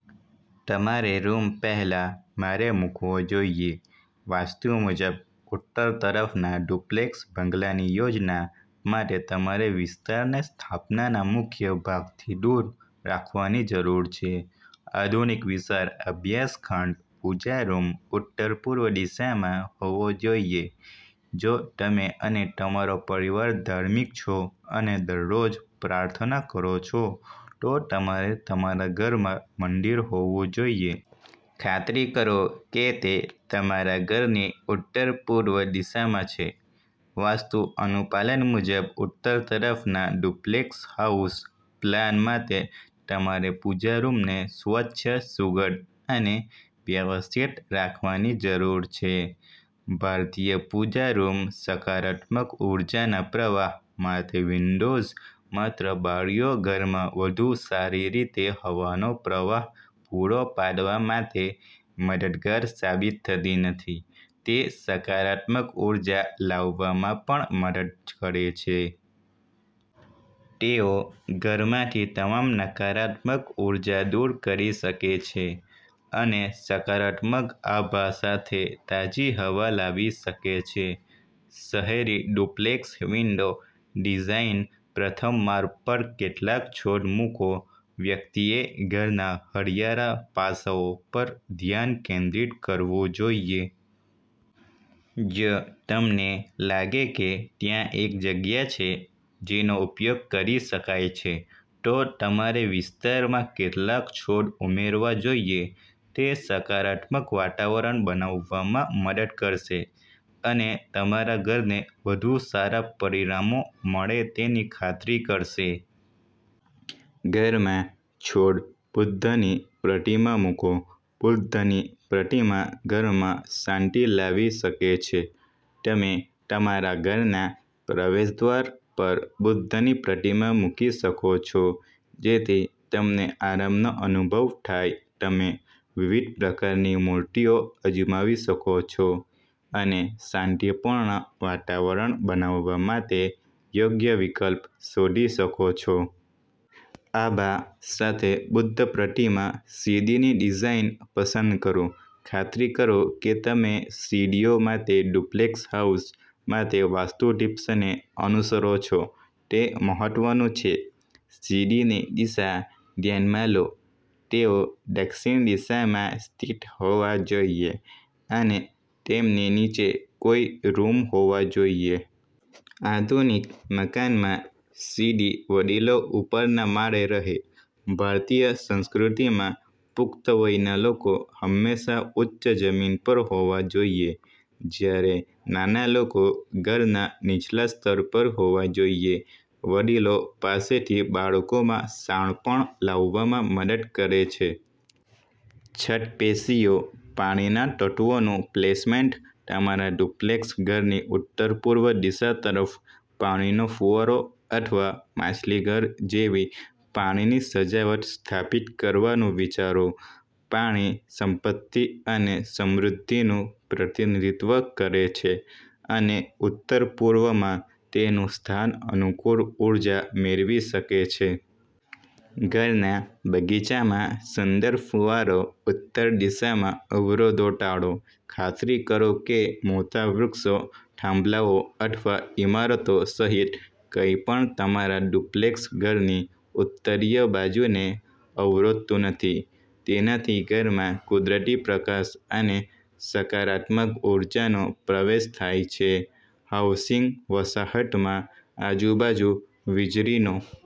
તમારેરૂમ પહેલા માળે મૂકવો જોઈએ. વાસ્તુ મુજબ ઉત્તર તરફના ડુપ્લેક્સ બંગલાની યોજના માટે તમારેવિસ્તારને સ્થાપનાના મુખ્ય ભાગથી દૂર રાખવાની જરૂર છે. આધુનિક, વિશાળ અભ્યાસ ખંડ પૂજા રૂમ ઉત્તર-પૂર્વ દિશામાં હોવો જોઈએ જો તમે અને તમારો પરિવાર ધાર્મિક છો અને દરરોજ પ્રાર્થના કરો છો, તો તમારે તમારા ઘરમાં મંદિર હોવુંજોઈએ. ખાતરી કરો કે તે તમારા ઘરની ઉત્તર-પૂર્વ દિશામાં છે. વાસ્તુ અનુપાલન મુજબ ઉત્તર તરફના ડુપ્લેક્સ હાઉસ પ્લાન માટે તમારે પૂજા રૂમને સ્વચ્છ, સુઘડ અને વ્યવસ્થિત રાખવાની જરૂર છે. ભારતીય પૂજા રૂમ સકારાત્મક ઊર્જાના પ્રવાહ માટે વિન્ડોઝ માત્ર બારીઓ ઘરમાં વધુ સારી રીતે હવાનો પ્રવાહ પૂરો પાડવા માટે મદદગાર સાબિત થતી નથી, તે સકારાત્મક ઉર્જા લાવવામાં પણ મદદ કરે છે. તેઓ ઘરમાંથી તમામ નકારાત્મક ઉર્જા દૂર કરી શકે છે અને સકારાત્મક આભા સાથે તાજી હવા લાવી શકે છે. શહેરી ડુપ્લેક્સ વિન્ડો ડિઝાઇન પ્રથમ માળ પર કેટલાક છોડ મૂકો વ્યક્તિએ ઘરના હરિયાળા પાસાઓ પર ધ્યાન કેન્દ્રિત કરવું જોઈએ. જો તમને લાગે કે ત્યાં એક જગ્યા છે જેનો ઉપયોગ કરી શકાય છે, તો તમારેવિસ્તારમાં કેટલાક છોડ ઉમેરવા જોઈએ. તે સકારાત્મક વાતાવરણ બનાવવામાં મદદ કરશે, અને તમારા ઘરને વધુ સારા પરિણામો મળે તેની ખાતરી કરશે. ઘરમાં છોડ બુદ્ધની પ્રતિમા મૂકો બુદ્ધની પ્રતિમા ઘરમાં શાંતિ લાવી શકે છે. તમે તમારા ઘરના પ્રવેશદ્વાર પર બુદ્ધની પ્રતિમા મૂકી શકો છો જેથી તમને આરામનો અનુભવ થાય. તમે વિવિધ પ્રકારની મૂર્તિઓ અજમાવી શકો છો અને શાંતિપૂર્ણ વાતાવરણ બનાવવા માટે યોગ્ય વિકલ્પ શોધી શકો છો. આભા સાથે બુદ્ધ પ્રતિમા સીડીની ડિઝાઇન પસંદ કરો ખાતરી કરો કે તમે સીડીઓ માટે ડુપ્લેક્સ હાઉસ માટે વાસ્તુ ટીપ્સને અનુસરો છો. તે મહત્વનું છે સીડીની દિશા ધ્યાનમાં લો. તેઓ દક્ષિણ દિશામાં સ્થિત હોવા જોઈએ, અને તેમની નીચે કોઈ રૂમહોવા જોઈએ. આધુનિક મકાનમાં સીડી વડીલો ઉપરના માળે રહે ભારતીય સંસ્કૃતિમાં, પુખ્ત વયના લોકો હંમેશા ઉચ્ચ જમીન પર હોવા જોઈએ, જ્યારે નાના લોકો ઘરના નીચલા સ્તર પર હોવા જોઈએ. વડીલો પાસેથી બાળકોમાં શાણપણ લાવવામાં મદદ કરે છે. છત પેશિયો પાણીના તત્વોનું પ્લેસમેન્ટ તમારા ડુપ્લેક્સ ઘરની ઉત્તરપૂર્વ દિશા તરફ પાણીનો ફુવારો અથવા માછલીઘર જેવી પાણીની સજાવટ સ્થાપિત કરવાનું વિચારો. પાણી સંપત્તિ અને સમૃદ્ધિનું પ્રતિનિધિત્વ કરે છે, અને ઉત્તરપૂર્વમાં તેનું સ્થાન અનુકૂળ ઉર્જા મેળવી શકે છે. ઘરના બગીચામાં સુંદર ફુવારો ઉત્તર દિશામાં અવરોધો ટાળો ખાતરી કરો કે મોટા વૃક્ષો, થાંભલાઓ અથવા ઇમારતો સહિત કંઈપણ તમારા ડુપ્લેક્સ ઘરની ઉત્તરીય બાજુને અવરોધતું નથી. તેનાથી ઘરમાં કુદરતી પ્રકાશ અને સકારાત્મક ઉર્જાનો પ્રવેશ થાય છે. હાઉસિંગ વસાહતમાં આજુબાજુ વીજળીનો